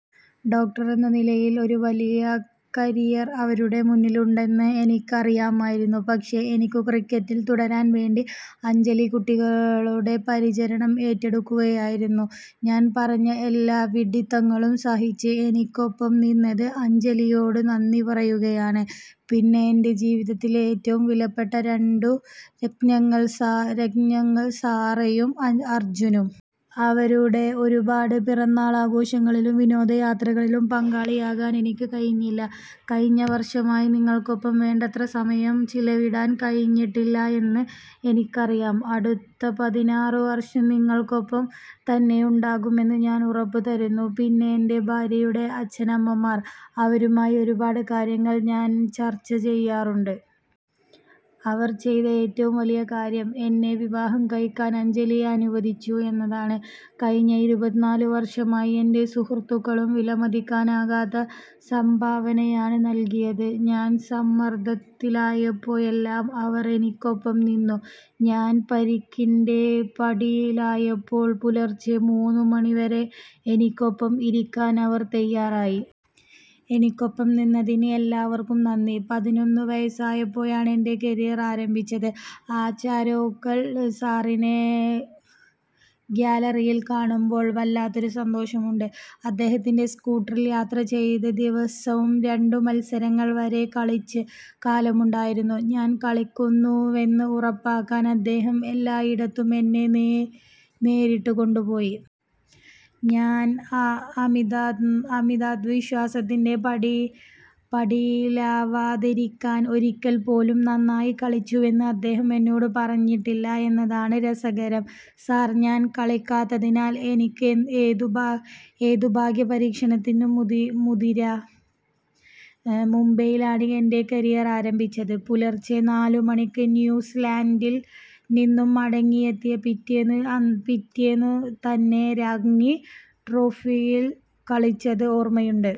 Doctor എന്ന നിലയിൽ ഒരു വലിയ കരിയർ അവരുടെ മുന്നിലുണ്ടെന്ന് എനിക്ക് അറിയാമായിരുന്നു. പക്ഷേ, എനിക്കു ക്രിക്കറ്റിൽ തുടരാൻ വേണ്ടി അഞ്ജലി കുട്ടികളുടെ പരിചരണം ഏറ്റെടുക്കുകയായിരുന്നു. ഞാൻ പറഞ്ഞ എല്ലാ വിഡ്ഢിത്തങ്ങളും സഹിച്ച് എനിക്കൊപ്പം നിന്നതിന് അഞ്ജലിയോടു നന്ദി പറയുകയാണ്. പിന്നെ എന്റെ ജീവിതത്തിലെ ഏറ്റവും വിലപ്പെട്ട രണ്ടു രത്നങ്ങൾ- സാറയും അർജുനും. അവരുടെ ഒരു പാട് പിറന്നാളാഘോഷങ്ങളിലും വിനോദയാത്രകളിലും പങ്കാളിയാകാൻ എനിക്കു കഴിഞ്ഞില്ല. കഴിഞ്ഞ വർഷമായി നിങ്ങൾക്കൊപ്പം വേണ്ടത്ര സമയം ചിലവിടാൻ കഴിഞ്ഞിട്ടില്ലെന്ന് എനിക്കറിയാം. അടുത്ത പതിനാറു വർഷം നിങ്ങൾക്കൊപ്പം തന്നെ ഉണ്ടാകുമെന്ന് ഞാൻ ഉറപ്പു തരുന്നു. പിന്നെ എന്റെ ഭാര്യയുടെ അച്ഛനമ്മമാർ. അവരുമായി ഒരുപാട് കാര്യങ്ങൾ ഞാൻ ചർച്ച ചെയ്യാറുണ്ട്. അവർ ചെയ്ത ഏറ്റവും വലിയ കാര്യം എന്നെ വിവാഹം കഴിക്കാൻ അഞ്ജലിയെ അനുവദിച്ചു എന്നതാണ്. കഴിഞ്ഞ ഇരുപത്തിനാലു വർഷമായി എന്റെ സുഹൃത്തുക്കളും വിലമതിക്കാനാവാത്ത സംഭാവനയാണ് നൽകിയത്. ഞാൻ സമ്മർദത്തിലായപ്പോഴെല്ലാം അവർ എനിക്കൊപ്പം നിന്നു. ഞാൻ പരിക്കിന്റെ പിടിയിലായപ്പോൾ പുലർച്ചെ മൂന്നു മണിവരെ എനിക്കൊപ്പം ഇരിക്കാൻ അവർ തയ്യാറായി. എന്നോടൊപ്പം നിന്നതിന് എല്ലാവർക്കും നന്ദി. പതിനൊന്ന് വയസ്സുള്ളപ്പോഴാണ് എന്റെ കരിയർ ആരംഭിച്ചത്. അചരേക്കൾ സാറിനെ ഗ്യാലറിയിൽ കാണുമ്പോൾ വല്ലാത്തൊരു സന്തോഷമുണ്ട്. അദ്ദേഹത്തിന്റെ സ്കൂട്ടറിൽ യാത്ര ചെയ്ത് ദിവസവും രണ്ടു മത്സരങ്ങൾ വരെ കളിച്ച കാലമുണ്ടായിരുന്നു. ഞാൻ കളിക്കുന്നുവെന്ന് ഉറപ്പാക്കാൻ അദ്ദേഹം എല്ലായിടത്തും എന്നെ നേരിട്ടു കൊണ്ടുപോയി. ഞാൻ അമിതാത്മവിശ്വാസത്തിന്റെ പിടിയിലാവാതിരിക്കാൻ ഒരിക്കൽപ്പോലും നന്നായി കളിച്ചുവെന്ന് അദ്ദേഹം എന്നോടു പറഞ്ഞിട്ടില്ല എന്നതാണ് രസകരം. സർ, ഞാൻ കളിക്കാത്തതിനാൽ ഇനി എന്തു ഭാഗ്യപരീക്ഷണത്തിനും മുതിരാം. മുംബൈയിലാണ് എന്റെ കരിയർ ആരംഭിച്ചത്. പുലർച്ചെ നാലു മണിക്ക് ന്യൂസീലൻഡിൽ നിന്നു മടങ്ങിയെത്തി പിറ്റേന്നു തന്നെ രഞ്ജി ട്രോഫിയിൽ കളിച്ചത് ഓർമയുണ്ട്.